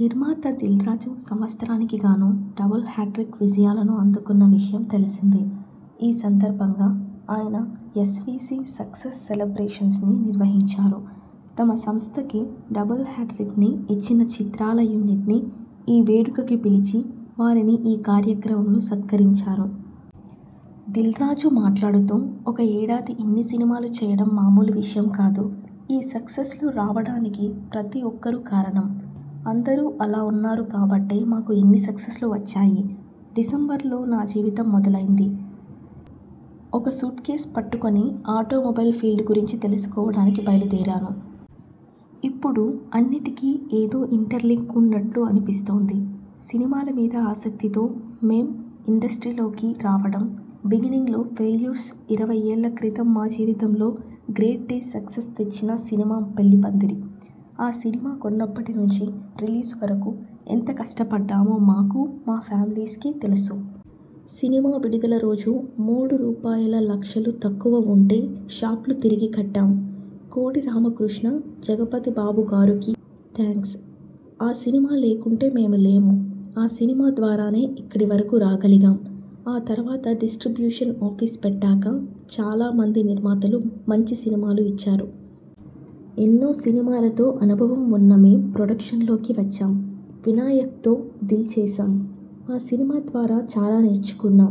నిర్మాత దిల్ రాజు సంవత్సరానికి గానూ డబుల్ హ్యాట్రిక్ విజయాలను అందుకున్న విషయం తెలిసిందే. ఈ సందర్భంగా ఆయన ఎస్. వి. సి. సక్సెస్ సెలబ్రేషన్స్ని నిర్వహించారు. తమ సంస్థకి డబుల్ హ్యాట్రిక్ని ఇచ్చిన చిత్రాల యూనిట్ని ఈ వేడుక కి పిలిచి వారిని ఈ కార్యక్రమం సత్కరించారు. దిల్రాజు మాట్లాడుతూ ''ఒక ఏడాది ఇన్ని సినిమాలు చేయడం మామూలు విషయం కాదు. ఈ సక్సెస్లు రావడానికి ప్రతి ఒక్కరూ కారణం. అందరూ అలా ఉన్నారు కాబట్టే మాకు ఇన్ని సక్సెస్లు వచ్చాయి. డిసెంబర్లో నా జీవితం మొదలైంది. ఒక సూట్కేస్ పట్టుకొని ఆటోమొబైల్ ఫీల్డ్ గురించి తెలుసుకోవడానికి బయలుదేరాను. ఇప్పుడు అన్నిటికి ఏదో ఇంటర్లింక్ ఉన్నట్లు అనిపిస్తోంది. సినిమాల మీద ఆసక్తితో మేం ఇండస్ట్రీలోకి రావడం, బిగినింగ్లో ఫెయిల్యూర్స్ ఇరవై ఏళ్ల క్రితం మా జీవితంలో గ్రేట్ డే సక్సెస్ తెచ్చిన సినిమా పెళ్లిపందిరి. ఆ సినిమా కొన్నప్పటి నుంచి రిలీజ్ వరకు ఎంత కష్టపడ్డామో మాకు, మా ఫ్యామిలీస్కి తెలుసు. సినిమా విడుదల రోజు మూడు రూపాయల లక్షలు తక్కువ ఉంటే షాప్లు తిరిగి కట్టాం. కోడి రామకృష్ణ, జగపతిబాబుగారుకి థాంక్స్. ఆ సినిమా లేకుంటే మేము లేము. ఆ సినిమా ద్వారానే ఇక్కడి వరకు రాగలిగాం. ఆ తర్వాత డిస్ట్రిబ్యూషన్ ఆఫీస్ పెట్టాక చాలా మంది నిర్మాతలు మంచి సినిమాలు ఇచ్చారు. ఎన్నో సినిమాలతో అనుభవం ఉన్న మేం ప్రొడక్షన్లోకి వచ్చాం. వినాయక్తో దిల్ చేశాం. ఆ సినిమా ద్వారా చాలా నేర్చుకున్నాం.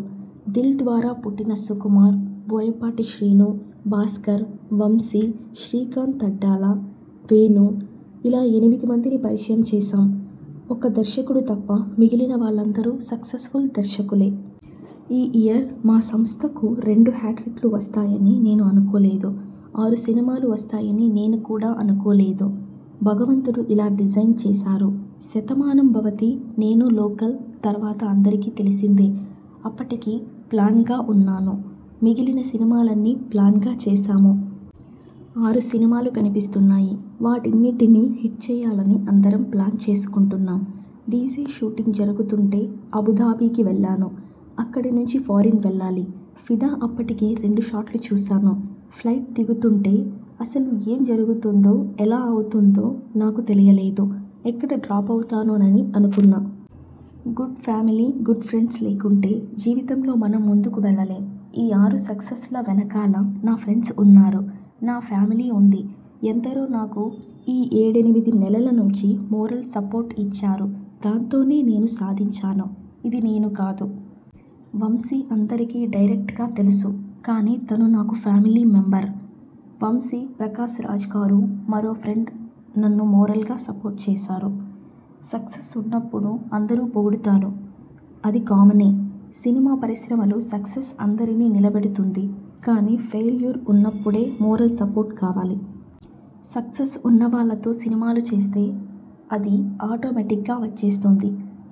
దిల్ ద్వారా పుట్టిన సుకుమార్, బోయపాటి శ్రీను, భాస్కర్, వంశీ, శ్రీకాంత్ అడ్డాల, వేణు.. ఇలా ఎనిమిది మందిని పరిచయం చేశాం. ఒక్క దర్శకుడు తప్ప మిగిలిన వాళ్లందరూ సక్సెస్ఫుల్ దర్శకులే. ఈ ఇయర్ మా సంస్థకు రెండు హ్యాట్రిక్లు వస్తాయని నేను అనుకోలేదు. ఆరు సినిమాలు వస్తాయని నేను కూడా అనుకోలేదు. భగవంతుడు ఇలా డిజైన్ చేశారు. శతమానం భవతి, నేను లోకల్ తర్వాత అందరికీ తెలిసిందే.. అప్పటికి ప్లాన్గా ఉన్నాను. మిగిలిన సినిమాలన్నీ ప్లాన్గా చేశాము. ఆరు సినిమాలు కనిపిస్తున్నాయి. వాటన్నిటినీ హిట్ చేయాలని అందరం ప్లాన్ చేసుకుంటున్నాం. డీజే షూటింగ్ జరుగుతుంటే అబుదాబీకి వెళ్లాను. అక్కడి నుంచి ఫారిన్ వెళ్లాలి. ఫిదా అప్పటికి రెండు షాట్లు చూశాను. ఫ్లైట్ దిగుతుంటే అసలు ఏం జరుగుతుందో, ఎలా అవుతుందో నాకు తెలియలేదు. ఎక్కడ డ్రాప్ అవుతానోనని అనుకున్నా. గుడ్ ఫ్యామిలీ, గుడ్ ఫ్రెండ్స్ లేకుంటే జీవితంలో మనం ముందుకు వెళ్లలేం. ఈ ఆరు సక్సెస్ల వెనకాల నా ఫ్రెండ్స్ ఉన్నారు. నా ఫ్యామిలీ ఉంది. ఎందరో నాకు ఈ ఏడెనిమిది నెలల నుంచి మోరల్ సపోర్ట్ ఇచ్చారు. దాంతోనే నేను సాధించాను. ఇది నేను కాదు. వంశీ అందరికీ డైరక్టర్గా తెలుసు. కానీ తను నాకు ఫ్యామిలీ మెంబర్. వంశీ, ప్రకాశ్రాజ్గారు, మరో ఫ్రెండ్ నన్ను మోరల్గా సపోర్ట్ చేశారు. సక్సెస్ ఉన్నప్పుడు అందరూ పొగుడుతారు అది కామనే. సినిమా పరిశ్రమలో సక్సెస్ అందరినీ నిలబెడుతుంది. కానీ ఫెయిల్యూర్ ఉన్నప్పుడే మోరల్ సపోర్ట్ కావాలి. సక్సెస్ ఉన్నవాళ్లతో సినిమాలు చేస్తే అది ఆటోమేటిగ్గా వచ్చేస్తుంది.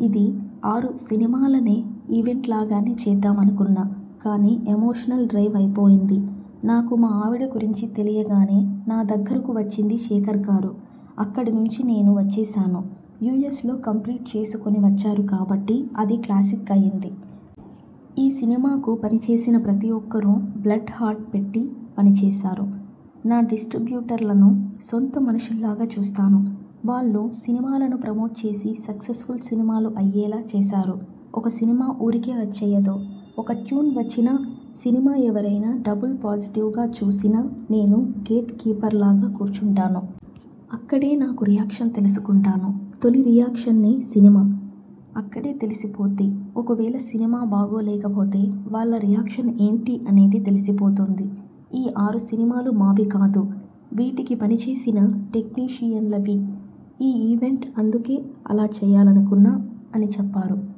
ఇది ఆరు సినిమాలనే ఈవెంట్లాగానే చేద్దామనుకున్నా. కానీ ఎమోషనల్ డ్రైవ్ అయిపోయింది. నాకు మా ఆవిడ గురించి తెలియగానే నా దగ్గరకు వచ్చింది శేఖర్గారు. అక్కడినుంచి నేను వచ్చేశాను. యు. ఎస్. లో కంప్లీట్ చేసుకుని వచ్చారు కాబట్టి అది క్లాసిక్ అయింది. ఈ సినిమాకు పనిచేసిన ప్రతి ఒక్కరూ బ్లడ్, హార్ట్ పెట్టి పనిచేశారు. నా డిస్ట్రిబ్యూటర్లను సొంత మనుషుల్లాగా చూస్తాను. వాళ్లు సినిమాలను ప్రమోట్ చేసి సక్సెస్ఫుల్ సినిమాలు అయ్యేలా చేశారు. ఒక సినిమా ఊరికే వచ్చేయదు. ఒక ట్యూన్ వచ్చినా, సినిమా ఎవరైనా డబుల్ పాజిటివ్గా చూసినా నేను గేట్ కీపర్లాగా కూర్చుంటాను. అక్కడే నాకు రియాక్షన్ తెలుసుకుంటాను. తొలి రియాక్షన్నె సినిమా. అక్కడే తెలిసి పోద్ది. ఒకవేళ సినిమా బాగో లేకపోతే వాళ్ల రియాక్షన్ ఏంటి అనేది తెలిసిపోతుంది. ఈ ఆరు సినిమాలు మావి కాదు. వీటికి పనిచేసిన టెక్నీషియన్లవి. ఈ ఈవెంట్ అందుకే అలా చేయాలనుకున్నా '' అని చెప్పారు.